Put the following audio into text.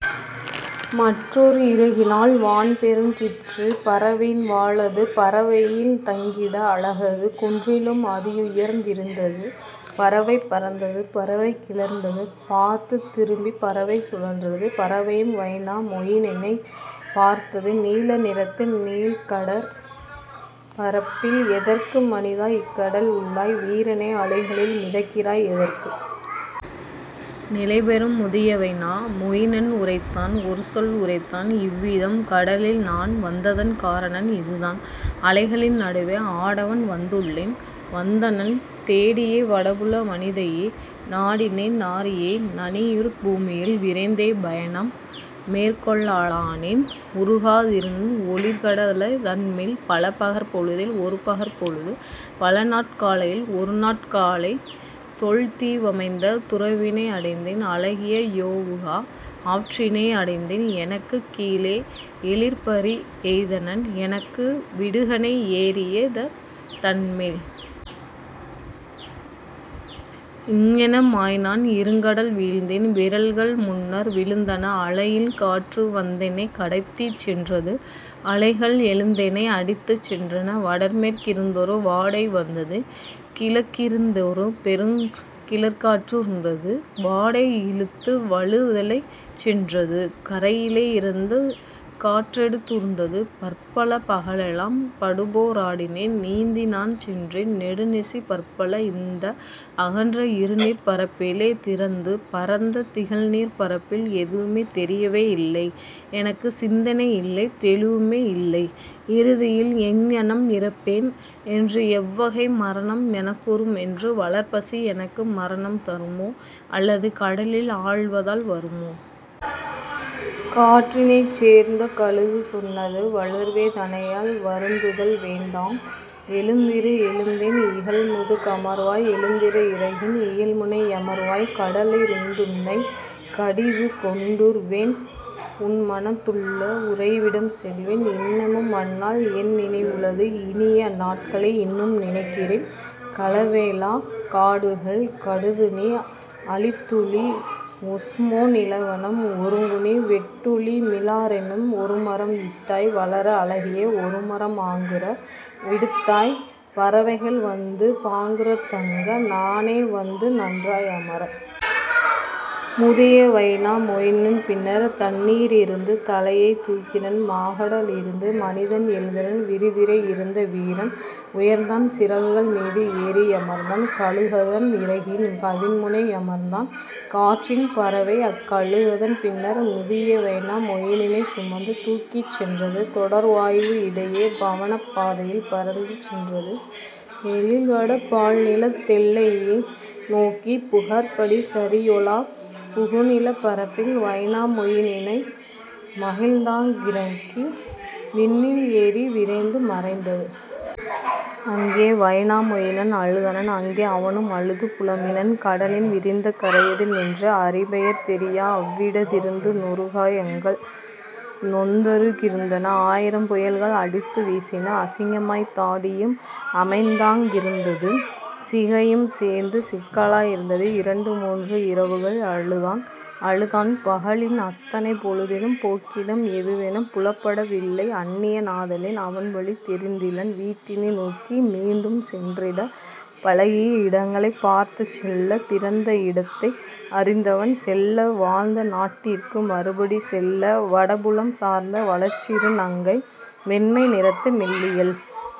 மற்றோர் இறகினால் வான்பெருக் கிற்று பறவையின் வாலது பரவையில் தங்கிட அலகது குன்றிலும் அதியுயர்ந் திருந்தது. பறவை பறந்தது, பறவை கிளர்ந்தது பார்த்துத் திரும்பிப் பறவை சுழன்றது; பறவையும் வைனா மொயினனைப் பார்த்தது நீல நிறத்து நீள்கடற் பரப்பில்: "எதற்கு மனிதா இக்கடல் உள்ளாய் வீரனே அலைகளில் மிதக்கிறாய் எதற்கு? " நிலைபெறும் முதிய வைனா மொயினன் உரைத்தான் ஒருசொல் உரைத்தான் இவ்விதம்: "கடலில்நான் வந்ததன் காரணம் இதுதான் அலைகளின் நடுவே ஆடவன் வந்துளேன் வந்தனன் தேடியே வடபுல வனிதையை நாடினேன் நாரியை நனியிருட் பூமியில். விரைந்தே பயணம் மேற்கொள லானேன் உருகா திருந்த ஒளிர்கட லதன்மேல் பலபகற் பொழுதில் ஒருபகற் பொழுது பலநாட் காலையில் ஒருநாட் காலை தொல்தீ வமைந்த துரவினை அடைந்தேன் அழகிய யொவுகா ஆற்றினை அடைந்தேன் எனக்குக் கீழே எழிற்பரி எய்தனன் எனக்கு விடுகணை ஏறிய ததன்மேல். இங்ஙன மாய்நான் இருங்கடல் வீழ்ந்தேன் விரல்கள் முன்னர் விழுந்தன அலையில் காற்றுவந் தென்னை கடத்திச் சென்றது அலைகள் எழுந்தெனை அடித்துச் சென்றன. வடமேற் கிருந்தொரு வாடை வந்தது கிழக்கிருந் தொருபெருங் கிளர்காற் றூர்ந்தது வாடை இழுத்து வலுதொலை சென்றது கரையிலே இருந்து காற்றெடுத் தூர்ந்தது; பற்பல பகலெலாம் படுபோ ராடினேன் நீந்திநான் சென்றேன் நெடுநிசி பற்பல இந்த அகன்ற இருநீர்ப் பரப்பிலே திறந்து பரந்த திகழ்நீர்ப் பரப்பில்; எதுவும் தெரியவே யில்லை எனக்கு சிந்தனை யில்லைத் தெளிவுமே யில்லை இறுதியில் எங்ஙனம் இறப்பேன் என்று எவ்வகை மரணம் எனக்குறு மென்று வளர்பசி எனக்கு மரணம் தருமோ அல்லது கடலில் ஆழ்வதால் வருமோ? " காற்றினைச் சேர்ந்த கழுகு சொன்னது: "வளர்வே தனையால் வருந்துதல் வேண்டாம் எழுந்திரு எழுந்தென் இகல்முது கமர்வாய் எழுந்திரு இறகின் இயல்முனை யமர்வாய் கடலிருந் துன்னைக் கடிதுகொண் டூர்வேன் உன்மனத் துள்ள உறைவிடம் செல்வேன் இன்னமும் அந்நாள் என்நினை வுளது இனியஅந் நாட்களை இன்னும் நினைக்கிறேன் கலேவலாக் காடுகள் கடிதுநீ அழித்துழி ஒஸ்மோ நிலவனம் ஒருங்குநீ வெட்டுழி மிலாறெனும் ஒருமரம் விட்டாய் வளர அழகிய ஒருமரம் ஆங்குற விடுத்தாய் பறவைகள் வந்து பாங்குறத் தங்க நானே வந்து நன்றாய் அமர. " முதிய வைனா மொயினன் பின்னர் தண்ணீ ரிருந்து தலையைத் தூக்கினன் மாகட லிருந்து மனிதன் எழுந்தனன் விரிதிரை யிருந்த வீரன் உயர்ந்தான் சிறகுகள் மீது ஏறி யமர்ந்தான் கழுகதன் இறகின் கவின்முனை யமர்ந்தான். காற்றின் பறவைஅக் கழுகதன் பின்னர் முதிய வைனா மொயினனைச் சுமந்து தூக்கிச் சென்றது தொடர்வாய்வு இடையே பவனப் பாதையில் பறந்து சென்றது எழில்வட பால்நிலத் தெல்லையை நோக்கி புகார்படி சரியொலாப் புகுநிலப் பரப்பில்; வைனா மொயினனை மகிழ்ந்தாங் கிறக்கி விண்ணில் ஏறி விரைந்து மறைந்தது. அங்கே வைனா மொயினன் அழுதனன் அங்கே அவனும் அழுது புலம்பினன் கடலின் விரிந்த கரையதில் நின்று அறிபெயர் தெரியா அவ்விடத் திருந்து நுறுகா யங்கள் நொந்தரு கிருந்தன ஆயிரம் புயல்கள் அடித்து வீசின அசிங்கமாய்த் தாடியும் அமைந்தாங் கிருந்தது சிகையும் சேர்ந்து சிக்கலாய் இருந்தது. இரண்டு மூன்று இரவுகள் அழுதான் அழுதான் பகலின் அத்தனை பொழுதிலும் போக்கிடம் எதுவெனப் புலப்பட வில்லை அன்னிய னாதலின் அவன்வழி தெரிந்திலன் வீட்டினை நோக்கி மீண்டும் சென்றிட பழகிய இடங்களைப் பார்த்துச் செல்ல பிறந்த இடத்தை அறிந்தவன் செல்ல வாழ்ந்தநாட் டிற்கு மறுபடி செல்ல. வடபுலம் சார்ந்த வளர்சிறு நங்கை வெண்மை நிறத்து மெல்லியள்